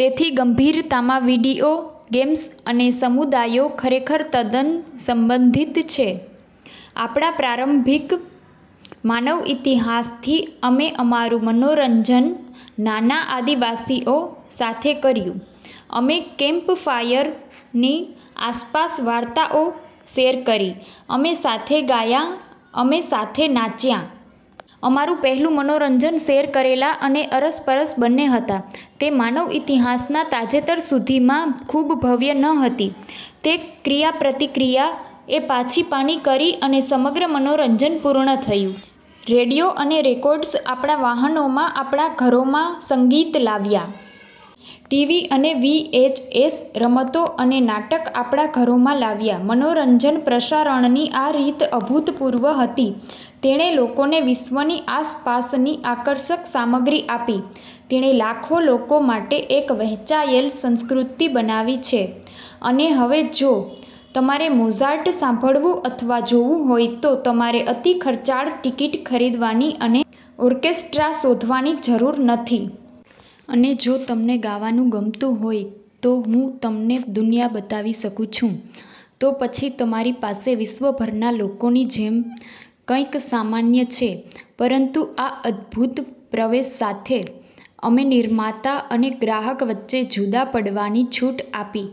તેથી ગંભીરતામાં video games અને સમુદાયો ખરેખર તદ્દન સંબંધિત છે. આપણા પ્રારંભિક માનવ ઇતિહાસથી અમે અમારું મનોરંજન નાના આદિવાસીઓ સાથે કર્યું. અમે કેમ્પફાયરની આસપાસ વાર્તાઓ શેર કરી, અમે સાથે ગાયાં, અમે સાથે નાચ્યાં. અમારું પહેલું મનોરંજન શેર કરેલા અને અરસપરસ બંને હતા. તે માનવ ઇતિહાસના તાજેતર સુધીમાં ખૂબ ભવ્ય ન હતી. તે ક્રિયાપ્રતિક્રિયા એ પાછીપાની કરી અને સમગ્ર મનોરંજન પૂર્ણ થયું. રેડિયો અને રેકોર્ડ્સ આપણા વાહનોમાં, આપણા ઘરોમાં સંગીત લાવ્યા. ટીવી અને વીએચએસ રમતો અને નાટક આપણા ઘરોમાં લાવ્યા. મનોરંજન પ્રસારણની આ રીત અભૂતપૂર્વ હતી. તેણે લોકોને વિશ્વની આસપાસની આકર્ષક સામગ્રી આપી. તેણે લાખો લોકો માટે એક વહેંચાયેલ સંસ્કૃતિ બનાવી છે. અને હવે, જો તમારે મોઝાર્ટ સાંભળવું અથવા જોવું હોય તો તમારે અતિખર્ચાળ ટિકિટ ખરીદવાની અને ઓર્કેસ્ટ્રા શોધવાની જરૂર નથી. અને જો તમને ગાવાનું ગમતું હોય તો હું તમને દુનિયા બતાવી શકું છું તો પછી તમારી પાસે વિશ્વભરના લોકોની જેમ કંઈક સામાન્ય છે. પરંતુ આ અદ્ભુત પ્રવેશ સાથે અમે નિર્માતા અને ગ્રાહક વચ્ચે જુદા પડવાની છૂટ આપી,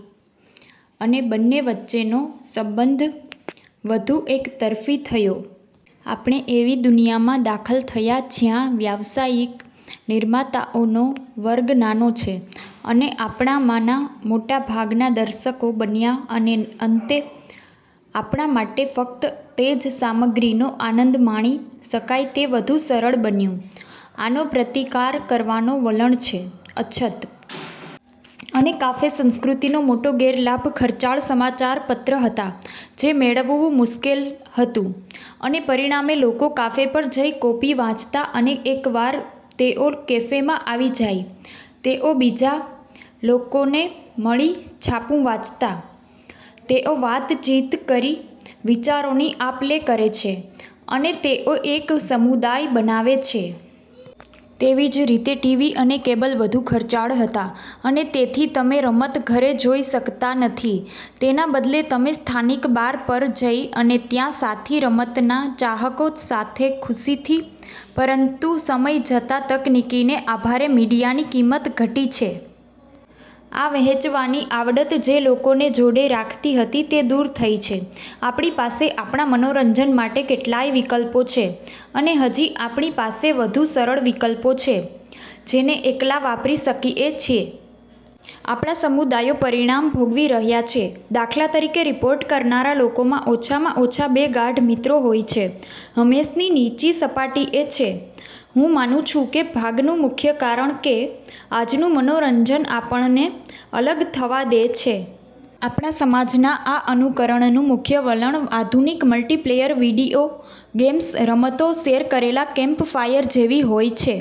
અને બંને વચ્ચેનો સંબંધ વધુ એક તરફી થયો. આપણે એવી દુનિયામાં દાખલ થયાં જ્યાં વ્યાવસાયિક નિર્માતાઓનો વર્ગ નાનો છે. અને આપણામાંના મોટા ભાગના દર્શકો બન્યા અને અંતે આપણા માટે ફક્ત તે જ સામગ્રીનો આનંદ માણી શકાય તે વધુ સરળ બન્યું. આનો પ્રતિકાર કરવાનો વલણ છે: અછત. અને કાફે સંસ્કૃતિનો મોટો ગેરલાભ ખર્ચાળ સમાચારપત્ર હતા જે મેળવવું મુશ્કેલ હતું, અને પરિણામે, લોકો કાફે પર જઈ કોપી વાંચતા અને એકવાર તેઓ કેફેમાં આવી જાય, તેઓ બીજા લોકોને મળી છાપું વાંચતા. તેઓ વાતચીત કરી વિચારોની આપલે કરે છે અને તેઓ એક સમુદાય બનાવે છે. તેવી જ રીતે ટીવી અને કેબલ વધુ ખર્ચાળ હતા અને તેથી તમે રમત ઘરે જોઈ શકતા નથી. તેના બદલે તમે સ્થાનિક બાર પર જઈ અને ત્યાં સાથી રમતના ચાહકો સાથે ખુશીથી પરંતું સમય જતા તકનીકીને આભારે મીડિયાની કિંમત ઘટી છે. આ વહેંચવાની આવડત જે લોકોને જોડે રાખતી હતી તે દૂર થઈ છે. આપણી પાસે આપણા મનોરંજન માટે કેટલાય વિકલ્પો છે અને હજી આપણી પાસે વધુ સરળ વિકલ્પો છે જેને એકલા વાપરી શકીએ છે. આપણા સમુદાયો પરિણામ ભોગવી રહ્યા છે. દાખલા તરીકે, રિપોર્ટ કરનારા લોકોમા ઓછામાં ઓછા બે ગાઢ મિત્રો હોય છે. હંમેશની નીચી સપાટીએ છે. હું માનું છું કે ભાગનું મુખ્ય કારણ કે આજનુ મનોરંજન આપણને અલગ થવા દે છે. આપણા સમાજના આ અનુકરણનું મુખ્ય વલણ: આધુનિક મલ્ટિપ્લેયર વિડિઓ ગેમ્સ. રમતો શેર કરેલા કેમ્પફાયર જેવી હોય છે.